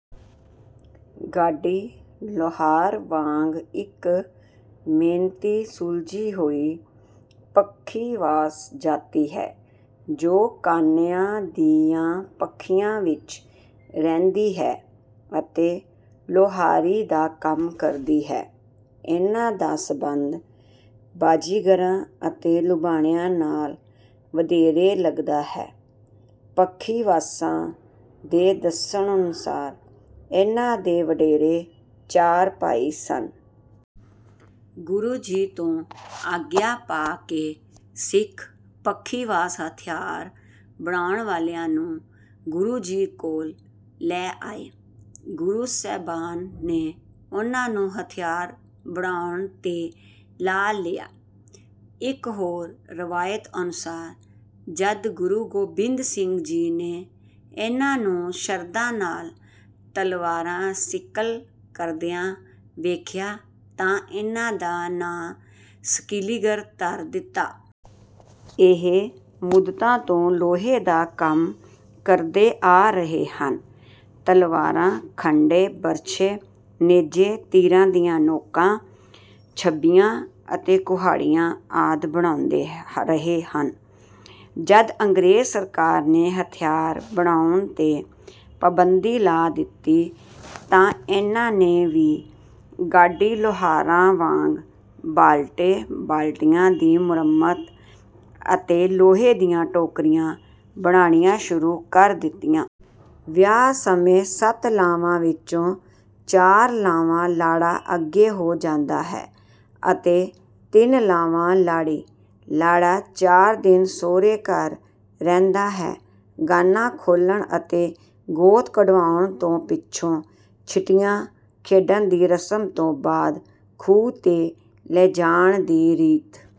ਗਾਡੀ-ਲੋਹਾਰ ਵਾਂਗ ਇੱਕ ਮਿਹਨਤੀ, ਸੁਲਝੀ ਹੋਈ ਪੱਖੀਵਾਸ ਜਾਤੀ ਹੈ, ਜੋ ਕਾਨਿਆਂ ਦੀਆਂ ਪੱਖੀਆਂ ਵਿੱਚ ਰਹਿੰਦੀ ਹੈ ਅਤੇ ਲੋਹਾਰੀ ਦਾ ਕੰਮ ਕਰਦੀ ਹੈ। ਇਨ੍ਹਾਂ ਦਾ ਸਬੰਧ ਬਾਜ਼ੀਗਰਾਂ ਅਤੇ ਲੁਬਾਣਿਆਂ ਨਾਲ ਵਧੇਰੇ ਲੱਗਦਾ ਹੈ। ਪੱਖੀਵਾਸਾਂ ਦੇ ਦੱਸਣ ਅਨੁਸਾਰ ਇਨ੍ਹਾਂ ਦੇ ਵਡੇਰੇ ਚਾਰ ਭਾਈ ਸਨ। ਗੁਰੂ ਜੀ ਤੋਂ ਆਗਿਆ ਪਾ ਕੇ ਸਿੱਖ ਪੱਖੀਵਾਸ ਹਥਿਆਰ ਬਣਾਉਣ ਵਾਲਿਆਂ ਨੂੰ ਗੁਰੂ ਜੀ ਕੋਲ ਲੈ ਆਏ। ਗੁਰੂ ਸਾਹਿਬਾਨ ਨੇ ਉਨ੍ਹਾਂ ਨੂੰ ਹਥਿਆਰ ਬਣਾਉਣ 'ਤੇ ਲਾ ਲਿਆ। ਇੱਕ ਹੋਰ ਰਵਾਇਤ ਅਨੁਸਾਰ ਜਦ ਗੁਰੂ ਗੋਬਿੰਦ ਸਿੰਘ ਜੀ ਨੇ ਇਨ੍ਹਾਂ ਨੂੰ ਸ਼ਰਧਾ ਨਾਲ ਤਲਵਾਰਾਂ ਸਿਕਲ ਕਰਦਿਆਂ ਵੇਖਿਆ, ਤਾਂ ਇਨ੍ਹਾਂ ਦਾ ਨਾਂ ਸਕੀਲੀਗਰ ਧਰ ਦਿੱਤਾ। ਇਹ ਮੁੱਦਤਾਂ ਤੋਂ ਲੋਹੇ ਦਾ ਕੰਮ ਕਰਦੇ ਆ ਰਹੇ ਹਨ। ਤਲਵਾਰਾਂ, ਖੰਡੇ, ਬਰਛੇ, ਨੇਜੇ, ਤੀਰਾਂ ਦੀਆਂ ਨੋਕਾਂ, ਛਬੀਆਂ ਅਤੇ ਕੁਹਾੜੀਆਂ ਆਦਿ ਬਣਾਉਂਦੇ ਰਹੇ ਹਨ। ਜਦ ਅੰਗਰੇਜ਼ ਸਰਕਾਰ ਨੇ ਹਥਿਆਰ ਬਣਾਉਣ 'ਤੇ ਪਾਬੰਦੀ ਲਾ ਦਿੱਤੀ, ਤਾਂ ਇਨ੍ਹਾਂ ਨੇ ਵੀ ਗਾਡੀ-ਲੋਹਾਰਾਂ ਵਾਂਗ ਬਾਲਟੇ-ਬਾਲਟੀਆਂ ਦੀ ਮੁਰੰਮਤ ਅਤੇ ਲੋਹੇ ਦੀਆਂ ਟੋਕਰੀਆਂ ਬਣਾਉਣੀਆਂ ਸ਼ੁਰੂ ਕਰ ਦਿੱਤੀਆਂ। ਵਿਆਹ ਸਮੇਂ ਸੱਤ ਲਾਵਾਂ ਵਿੱਚੋਂ ਚਾਰ ਲਾਵਾਂ ਲਾੜਾ ਅੱਗੇ ਹੋ ਜਾਂਦਾ ਹੈ ਅਤੇ ਤਿੰਨ ਲਾਵਾਂ ਲਾੜੀ। ਲਾੜਾ ਚਾਰ ਦਿਨ ਸਹੁਰੇ ਘਰ ਰਹਿੰਦਾ ਹੈ। ਗਾਨਾ ਖੋਲ੍ਹਣ ਅਤੇ ਗੋਤ ਕਢਵਾਉਣ ਤੋਂ ਪਿੱਛੋਂ ਛਿੱਟੀਆਂ ਖੇਡਣ ਦੀ ਰਸਮ ਤੋਂ ਬਾਅਦ ਖੂਹ 'ਤੇ ਲੈ ਜਾਣ ਦੀ ਰੀਤ